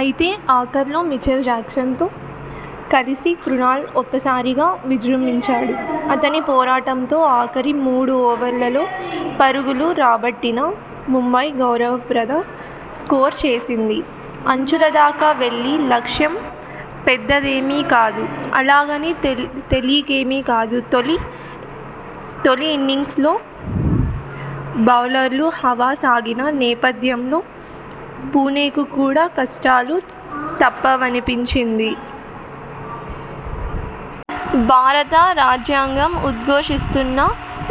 అయితే, ఆఖర్లో Mitchell Johnson తో కలిసి క్రునాల్ ఒక్కసారిగా విజృంభించాడు. అతని పోరాటంతో ఆఖరి మూడు ఓవర్లలో పరుగులు రాబట్టిన ముంబై గౌరవప్రద స్కోరు చేసింది. అంచులదాకా వెళ్లి: లక్ష్యం పెద్దదేమీ కాదు. అలాగని తేలికేమీకాదు. తొలి ఇన్నింగ్స్లో బౌలర్ల హవా సాగిన నేపథ్యంలో పుణెకు కూడా కష్టాలు తప్పవనిపించింది. భారత రాజ్యాంగం ఉద్ఘోషిస్తున్న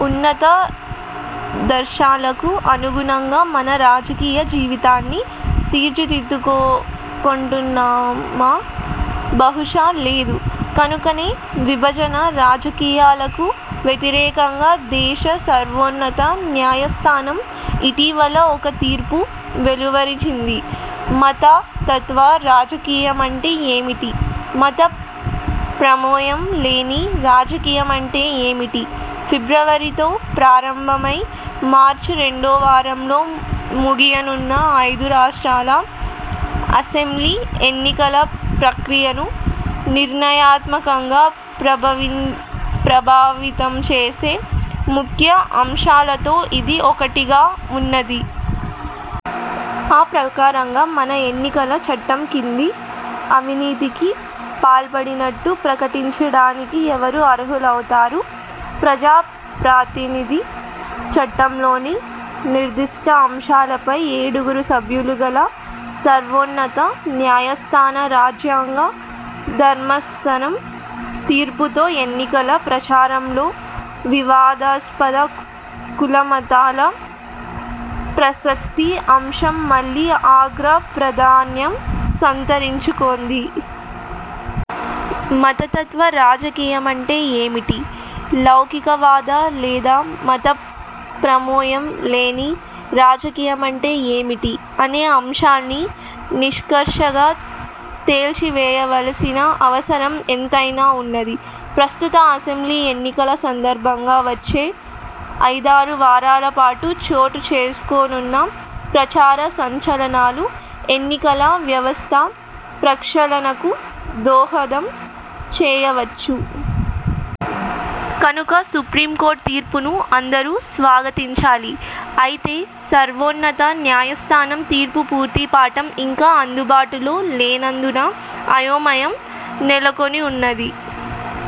ఉన్నతాదర్శాలకు అనుగుణంగా మన రాజకీయ జీవితాన్ని తీర్చిదిద్దుకొంటున్నామా? బహుశా, లేదు కనుకనే విభజన రాజకీయాలకు వ్యతిరేకంగా దేశ సర్వోన్నత న్యాయస్థానం ఇటీవల ఒక తీర్పు వెలువరించింది. మత తత్వ రాజకీయమంటే ఏమిటి? మత ప్రమేయం లేని రాజకీయమంటే ఏమిటి? – ఫిబ్రవరి తో ప్రారంభమై, మార్చి రెండోవారంలో ముగియనున్న ఐదు రాష్ట్రాల అసెంబ్లీ ఎన్నికల ప్రక్రియను నిర్ణయాత్మకంగా ప్రభావితంచేసే ముఖ్య అంశాలతో ఇది ఒకటిగా వున్నది. ఆ ప్రకారంగా, మన ఎన్నికల చట్టం కింద 'అవినీతి'కి పాల్పడినట్టు ప్రకటించడానికి ఎవరు అర్హులవుతారు? ప్రజాప్రాతినిధ్య చట్టంలోని నిర్దిష్ట అంశాలపై ఏడుగురు సభ్యులు గల సర్వోన్నత న్యాయస్థాన రాజ్యాంగ ధర్మాసనం తీర్పుతో ఎన్నికల ప్రచారంలో వివాదాస్పద కుల మతాల ప్రసక్తి అంశం మళ్ళీ అగ్ర ప్రాధాన్యం సంతరించుకొంది. మతతత్వ రాజకీయమంటే ఏమిటి? లౌకికవాద లేదా మత ప్రమేయం లేని రాజకీయమంటే ఏమిటి అనే అంశాన్ని నిష్కర్షగా తేల్చివేయవల్సిన అవసరం ఎంతైనావున్నది. ప్రస్తుత అసెంబ్లీ ఎన్నికల సందర్భంగా వచ్చే ఐదారు వారాల పాటు చోటు చేసుకోనున్న ప్రచార సంచలనాలు ఎన్నికల వ్యవస్థ ప్రక్షాళనకు దోహదం చేయవచ్చు. కనుక సుప్రీంకోర్టు తీర్పును అందరూ స్వాగతించాలి. అయితే సర్వోన్నత న్యాయస్థానం తీర్పు పూర్తి పాఠం ఇంకా అందుబాటులో లేనందున అయోమయం నెలకొనివున్నది.